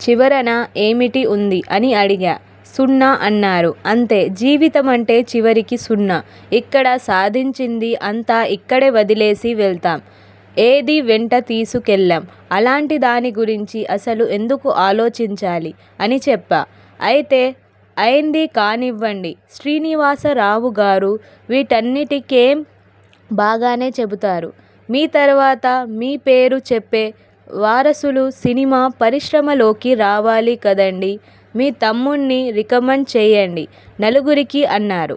'చివరన ఏమిటి ఉంది? ' అని అడిగా. 'సున్న' అన్నారు. 'అంతే. జీవితమంటే చివరికి సున్న. ఇక్కడ సాధించింది అంతా ఇక్కడే వదిలేసి వెళ్తాం. ఏదీ వెంట తీసుకెళ్ళం. అలాంటి దాని గురించి అసలు ఎందుకు ఆలోచించాలి? ' అని చెప్పా. 'అయితే అయింది కానివ్వండి శ్రీనివాసరావుగారూ వీటన్నిటికేం బాగానే చెబుతారు, మీ తర్వాత మీ పేరు చెప్పే వారసులు సినిమా పరిశ్రమలోకి రావాలి కదండీ మీ తమ్ముణ్ణి రికమండ్ చేయండి నలుగురికి' అన్నారు.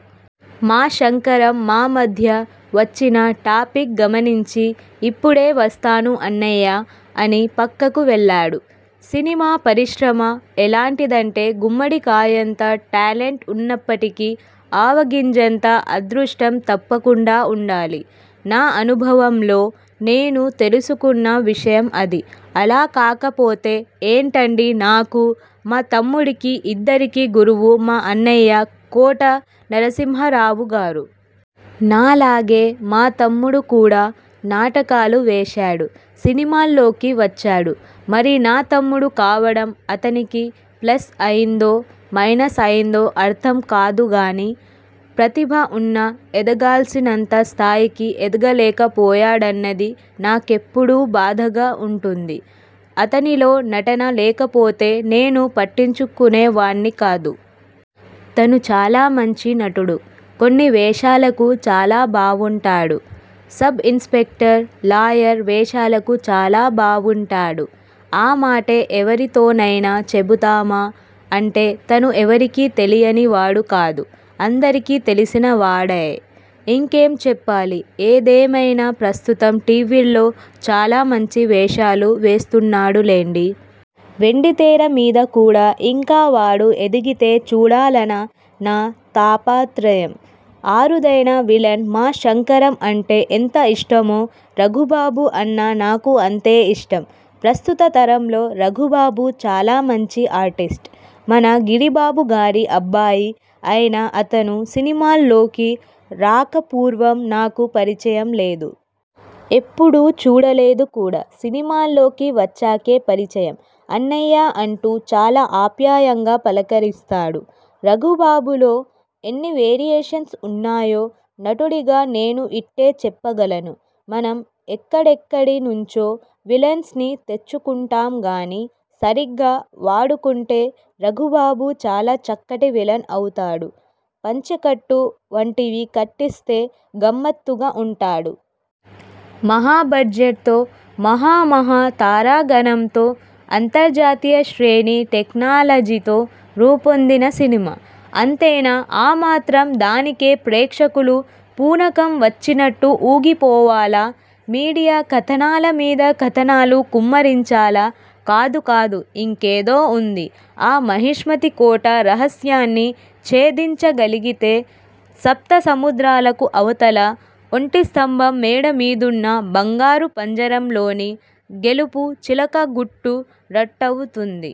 మా శంకరం మా మధ్య వచ్చిన టాపిక్ గమనించి 'ఇప్పుడే వస్తాను అన్నయ్యా' అని పక్కకు వెళ్ళాడు. సినిమా పరిశ్రమ ఎలాంటిదంటే గుమ్మడికాయంత టాలెంట్ ఉన్నప్పటికీ, ఆవగింజంత అదృష్టం తప్పకుండా ఉండాలి. నా అనుభవంలో నేను తెలుసుకున్న విషయం అది. అలా కాకపోతే ఏంటండీ నాకూ, మా తమ్ముడికీ ఇద్దరికీ గురువు మా అన్నయ్య కోట నరసింహారావుగారు. నాలాగే మా తమ్ముడు కూడా నాటకాలు వేశాడు. సినిమాల్లోకి వచ్చాడు. మరి నా తమ్ముడు కావడం అతనికి ప్లస్ అయిందో, మైనస్ అయిందో అర్థం కాదుగానీ ప్రతిభ ఉన్నా ఎదగాల్సినంత స్థాయికి ఎదగలేకపోయాడన్నది నాకెప్పుడూ బాధగా ఉంటుంది. అతనిలో నటన లేకపోతే నేను పట్టించుకునేవాణ్ణి కాదు. తను చాలా మంచి నటుడు. కొన్ని వేషాలకు చాలా బావుంటాడు. సబ్ ఇన్స్పెక్టర్, లాయర్ వేషాలకు చాలా బావుంటాడు. ఆ మాటే ఎవరితోనైనా చెబుదామా అంటే తను ఎవరికీ తెలియనివాడు కాదు. అందరికీ తెలిసినవాడాయే. ఇంకేం చెప్పాలి? ఏదేమైనా ప్రస్తుతం టీవీల్లో చాలా మంచి వేషాలు వేస్తున్నాడులెండి. వెండితెరమీద కూడా ఇంకా వాడు ఎదిగితే చూడాలనా నా తాపత్రయం. అరుదైన విలన్ మా శంకరం అంటే ఎంత ఇష్టమో రఘుబాబు అన్నా నాకు అంతే ఇష్టం. ప్రస్తుత తరంలో రఘుబాబు చాలా మంచి ఆర్టిస్ట్. మన గిరిబాబుగారి అబ్బాయి అయినా అతను సినిమాల్లోకి రాకపూర్వం నాకు పరిచయం లేదు. ఎప్పుడూ చూడలేదు కూడా. సినిమాల్లోకి వచ్చాకే పరిచయం. అన్నయ్యా అంటూ చాలా ఆప్యాయంగా పలకరిస్తాడు. రఘుబాబులో ఎన్ని వేరియేషన్స్ ఉన్నాయో నటుడిగా నేను ఇట్టే చెప్పగలను. మనం ఎక్కడెక్కడి నుంచో విలన్స్ ని తెచ్చుకుంటాంగానీ సరిగ్గా వాడుకుంటే రఘుబాబు చాలా చక్కటి విలన్ అవుతాడు. పంచెకట్టు వంటివి కట్టిస్తే గమ్మత్తుగా ఉంటాడు. మహా బడ్జెట్తో, మహామహా తారాగణంతో, అంతర్జాతీయ శ్రేణి టెక్నాలజీతో రూపొందిన సినిమా. అంతేనా, ఆమాత్రం దానికే ప్రేక్షకులు పూనకం వచ్చినట్టు ఊగిపోవాలా, మీడియా కథనాల మీద కథనాలు కుమ్మరించాలా? కాదుకాదు, ఇంకేదో ఉంది. ఆ మాహిష్మతి కోట రహస్యాన్ని ఛేదించగలిగితే సప్త సముద్రాలకు అవతల, ఒంటిస్తంభం మేడమీదున్న బంగారు పంజరంలోని 'గెలుపు' చిలక గుట్టు రట్టవుతుంది.